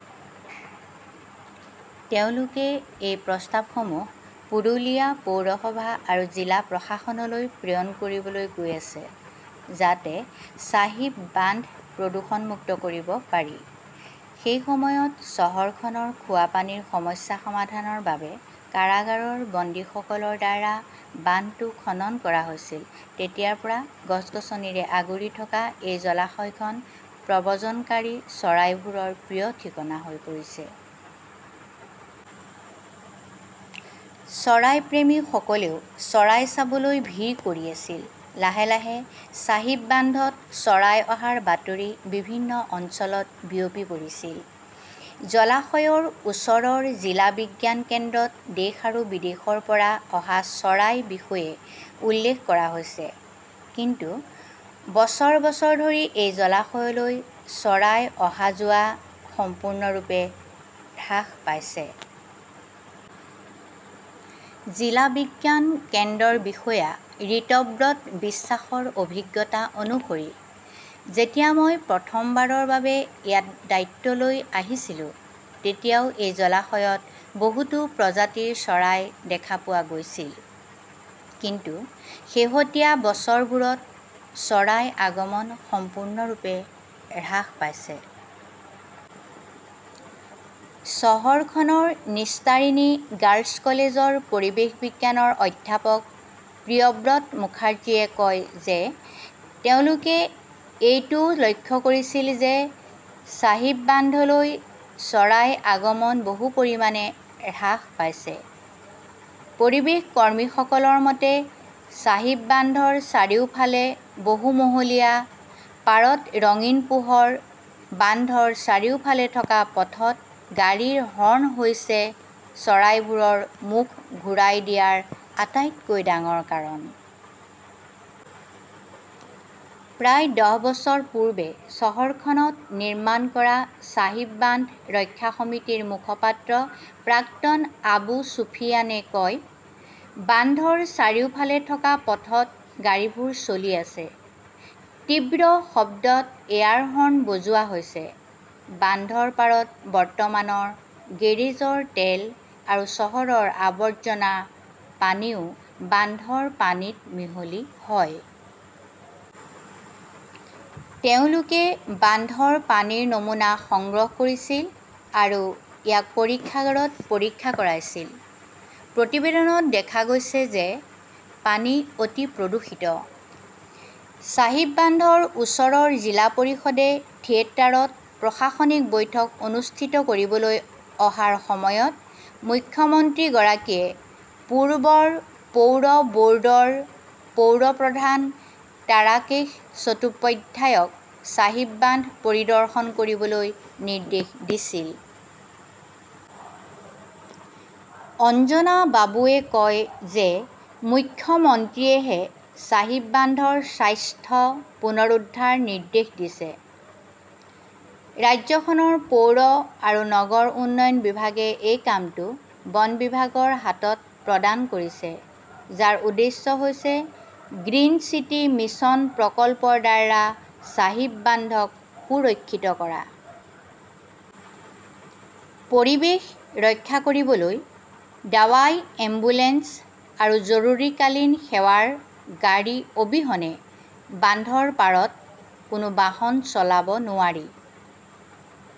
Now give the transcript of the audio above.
তেওঁলোকে এই প্ৰস্তাৱসমূহ পুৰুলিয়া পৌৰসভা আৰু জিলা প্ৰশাসনলৈ প্ৰেৰণ কৰিবলৈ গৈ আছে, যাতে চাহিব বান্ধ প্ৰদূষণমুক্ত কৰিব পাৰি। সেই সময়ত চহৰখনৰ খোৱাপানীৰ সমস্যা সমাধানৰ বাবে কাৰাগাৰৰ বন্দীসকলৰ দ্বাৰা বান্ধটো খনন কৰা হৈছিল। তেতিয়াৰ পৰা গছ-গছনিৰে আগুৰি থকা এই জলাশয়খন প্ৰব্ৰজনকাৰী চৰাইবোৰৰ প্ৰিয় ঠিকনা হৈ পৰিছে। চৰাইপ্ৰেমীসকলেও চৰাই চাবলৈ ভিৰ কৰি আছিল। লাহে লাহে চাহিব বান্ধত চৰাই অহাৰ বাতৰি বিভিন্ন অঞ্চলত বিয়পি পৰিছিল। জলাশয়ৰ ওচৰৰ জিলা বিজ্ঞান কেন্দ্ৰত দেশ আৰু বিদেশৰ পৰা অহা চৰাইৰ বিষয়ে উল্লেখ কৰা হৈছে। কিন্তু বছৰ বছৰ ধৰি এই জলাশয়লৈ চৰাইৰ অহা-যোৱা সম্পূৰ্ণৰূপে হ্ৰাস পাইছে। জিলা বিজ্ঞান কেন্দ্ৰৰ বিষয়া ৰিতব্ৰত বিশ্বাসৰ অভিজ্ঞতা অনুসৰি, "যেতিয়া মই প্ৰথমবাৰৰ বাবে ইয়াত দায়িত্ব লৈ আহিছিলো, তেতিয়াও এই জলাশয়ত বহুতো প্ৰজাতিৰ চৰাই দেখা পোৱা গৈছিল। কিন্তু শেহতীয়া বছৰবোৰত চৰাইৰ আগমন সম্পূৰ্ণৰূপে হ্ৰাস পাইছে"। চহৰখনৰ নিষ্টাৰিনী গাৰ্লছ কলেজৰ পৰিৱেশ বিজ্ঞানৰ অধ্যাপক প্ৰিয়ব্ৰত মুখাৰ্জীয়ে কয় যে তেওঁলোকে এইটোও লক্ষ্য কৰিছিল যে, চাহিব বান্ধলৈ চৰাইৰ আগমন বহু পৰিমাণে হ্ৰাস পাইছে। পৰিৱেশকৰ্মীসকলৰ মতে, চাহিব বান্ধৰ চাৰিওফালে বহু মহলীয়া, পাৰত ৰঙীন পোহৰ, বান্ধৰ চাৰিওফালে থকা পথত গাড়ীৰ হৰ্ণ হৈছে চৰাইবোৰৰ মুখ ঘূৰাই দিয়াৰ আটাইতকৈ ডাঙৰ কাৰণ। প্ৰায় দহ বছৰ পূৰ্বে চহৰখনত নিৰ্মাণ কৰা চাহিব বান্ধ ৰক্ষা সমিতিৰ মুখপাত্ৰ প্ৰাক্তন আবু চুফিয়ানে কয়, "বান্ধৰ চাৰিওফালে থকা পথত গাড়ীবোৰ চলি আছে। তীব্ৰ শব্দত এয়াৰ হৰ্ণ বজোৱা হৈছে। বান্ধৰ পাৰত বৰ্তমানৰ গেৰেজৰ তেল আৰু চহৰৰ আৱৰ্জনা পানীও বান্ধৰ পানীত মিহলি হয়"। তেওঁলোকে বান্ধৰ পানীৰ নমুনা সংগ্ৰহ কৰিছিল আৰু ইয়াক পৰীক্ষাগাৰত পৰীক্ষা কৰাইছিল। প্ৰতিবেদনত দেখা গৈছে যে, পানী অতি প্ৰদূষিত। চাহিব বান্ধৰ ওচৰৰ জিলা পৰিষদে থিয়েটাৰত প্ৰশাসনিক বৈঠক অনুষ্ঠিত কৰিবলৈ অহাৰ সময়ত মুখ্যমন্ত্ৰীগৰাকীয়ে পূৰ্বৰ পৌৰ বৰ্ডৰ পৌৰপ্ৰধান তাৰাকেশ চট্টোপাধ্যায়ক চাহিব বান্ধ পৰিদৰ্শন কৰিবলৈ নিৰ্দেশ দিছিল। অঞ্জনা বাবুৱে কয় যে, মুখ্যমন্ত্ৰীয়েহে চাহিব বান্ধৰ স্বাস্থ্য পুনৰুদ্ধাৰৰ নিৰ্দেশ দিছে। ৰাজ্যখনৰ পৌৰ আৰু নগৰ উন্নয়ন বিভাগে এই কামটো বন বিভাগৰ হাতত প্ৰদান কৰিছে, যাৰ উদ্দেশ্য হৈছে গ্ৰীণ চিটি মিছন প্ৰকল্পৰ দ্বাৰা চাহিব বান্ধক সুৰক্ষিত কৰা । "পৰিৱেশ ৰক্ষা কৰিবলৈ দাৱাই; এম্বুলেন্স আৰু জৰুৰীকালীন সেৱাৰ গাড়ী অবিহনে বান্ধৰ পাৰত কোনো বাহন চলাব নোৱাৰি।